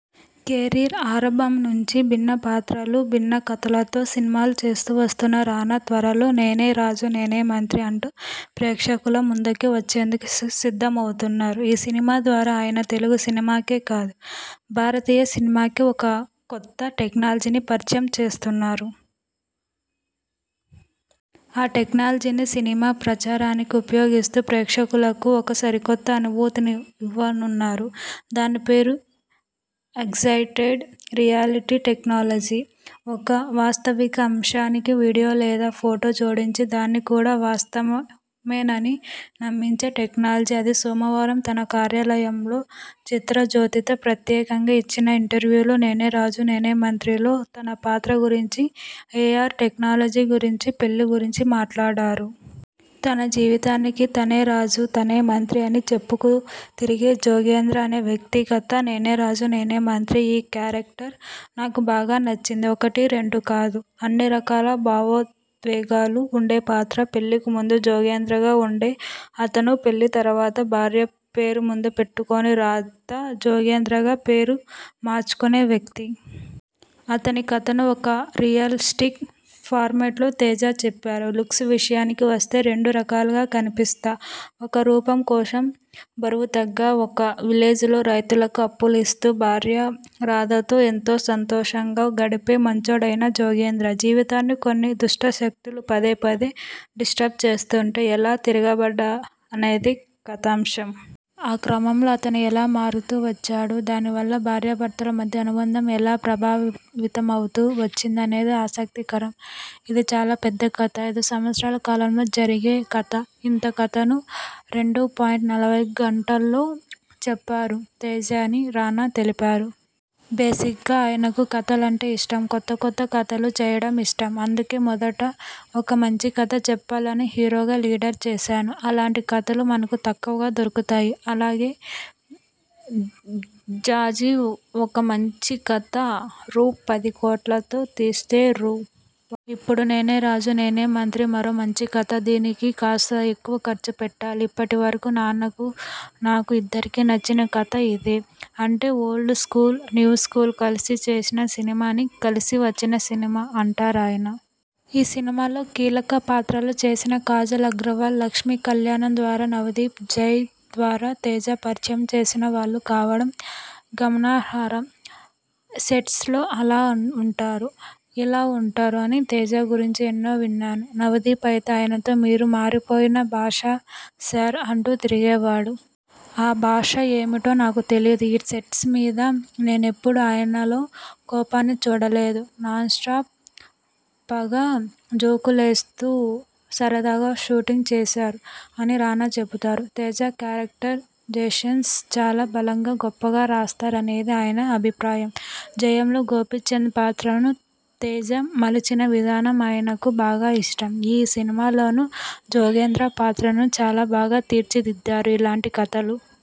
Career ఆరంభం నుంచీ భిన్న పాత్రలు, భిన్న కథలతో సినిమాలు చేస్తూ వస్తున్న రానా.. త్వరలో 'నేనే రాజు నేనే మంత్రి' అంటూ ప్రేక్షకుల ముందుకు వచ్చేందుకు సిద్ధమవుతున్నారు. ఈ సినిమా ద్వారా ఆయన తెలుగు సినిమాకే కాదు, భారతీయ సినిమాకే ఒక కొత్త టెక్నాలజీని పరిచయం చేస్తున్నారు. ఆ టెక్నాలజీని సినిమా ప్రచారానికి ఉపయోగిస్తూ, ప్రేక్షకులకు ఒక సరికొత్త అనుభూతినివ్వనున్నారు. దాని పేరు రాగా ఎగ్జేటెడ్ టరియాలిటీ' టెక్నాలజీ. ఒక వాస్తవిక అంశానికి వీడియో లేదా ఫొటో జోడించి, దాన్ని కూడా వాస్తవమేనని నమ్మించే టెక్నాలజీ అది. సోమవారం తన కార్యాలయంలో చిత్రజ్యోతితో ప్రత్యేకంగా ఇచ్చిన ఇంటర్వ్యూలో 'నేనే రాజు నేనే మంత్రి'లో తన పాత్ర గురించీ, ఏఆర్ టెక్నాలజీ గురించీ, పెళ్లి గురించీ మాట్లాడారు. తన జీవితానికి తనే రాజు, తనే మంత్రి అని చెప్పుకు తిరిగే జోగేంద్ర అనే వ్యక్తి కథ 'నేనే రాజు నేనే మంత్రి'. ''ఈ కేరక్టర్ నాకు బాగా నచ్చింది. ఒకటి, రెండు కాదు.. అన్ని రకాల భావోద్వేగాలు ఉండే పాత్ర. పెళ్లికి ముందు జోగేంద్రగా ఉండే అతను పెళ్లి తర్వాత భార్య పేరు ముందు పెట్టుకొని రాధా జోగేంద్రగా పేరు మార్చుకొనే వ్యక్తి. అతని కథను ఒక రియలిస్టిక్ ఫార్మట్లో తేజ చెప్పారు. లుక్స్ విషయానికి వస్తే రెండు రకాలుగా కనిపిస్తా. ఒక రూపం కోసం బరువు తగ్గా. ఒక విలేజ్లో రైతులకు అప్పులు ఇస్తూ, భార్య రాధ తో ఎంతో సంతోషంగా గడిపే మంచోడైన జోగేంద్ర జీవితాన్ని కొన్ని దుష్ట శక్తులు పదే పదే డిస్టర్బ్ చేస్తుంటే, ఎలా తిరగబడ్డాఅనేది కథాంశం. ఆ క్రమంలో అతను ఎలా మారుతూ వచ్చాడు, దాని వల్ల భార్యాభర్తల మధ్య అనుబంధం ఎలా ప్రభావితమవుతూ వచ్చిందనేది ఆసక్తికరం. ఇది చాలా పెద్ద కథ. ఐదు సంవత్సరాల కాలంలో జరిగే కథ. ఇంత కథను రెండు పాయింట్ నలభై గంటల్లో చెప్పారు తేజ అని రానా తెలిపారు. బేసిగ్గా ఆయనకు కథలంటే ఇష్టం. కొత్త కొత్త కథలు చేయడం ఇష్టం. ''అందుకే మొదట ఒక మంచి కథ చెప్పాలని హీరోగా 'లీడర్' చేశాను. అలాంటి కథలు మనకు తక్కువగా దొరుకుతాయి. అలాగే 'ఘాజీ' ఒక మంచి కథ. రూ. పది కోట్లతో తీస్తే, రూ. ఇప్పుడు 'నేనే రాజు నేనే మంత్రి' మరో మంచి కథ. దీనికి కాస్త ఎక్కువ ఖర్చు పెట్టాలి. ఇప్పటి వరకూ నాన్నకూ, నాకూ.. ఇద్దరికీ నచ్చిన కథ ఇదే. అంటే ఓల్డ్ స్కూల్, న్యూ స్కూల్ కలిసి చేసిన సినిమా. అన్నీ కలిసి వచ్చిన సినిమా'' అంటారాయాన. ఈ సినిమాలో కీలక పాత్రలు చేసిన కాజల్ అగర్వాల్ 'లక్ష్మీ కల్యాణం' ద్వారా, నవదీప్ 'జై' ద్వారా తేజ పరిచయం చేసిన వాళ్లు కావడం గమనాహారం''సెట్స్పై అలా ఉంటారు, ఇలా ఉంటారు.. అని తేజ గురించి ఎన్నో విన్నాను. నవదీప్ అయితే ఆయనతో 'మీరు మారిపోయిన బాషా సర్' అంటూ తిరిగేవాడు. ఆ బాషా ఏమిటో నాకు తెలీదు. ఈ సెట్స్ మీద నేనెప్పుడూ ఆయనలో కోపాన్ని చూడలేదు. నాన్స్టా్పగా జోకులేస్తూ సరదాగా షూటింగ్ చేశారు'' అని రానా చెబుతారు. తేజ.. క్యారెక్టరైజేషన్స్ చాలా బలంగా, గొప్పగా రాస్తారనేది ఆయన అభిప్రాయం. 'జయం'లో గోపీచంద్ పాత్రను తేజ మలిచిన విధానం ఆయనకు బాగా ఇష్టం. ''ఈ సినిమాలోనూ జోగేంద్ర పాత్రను చాలా బాగా తీర్చిదిద్దారు. ఇలాంటి కథలు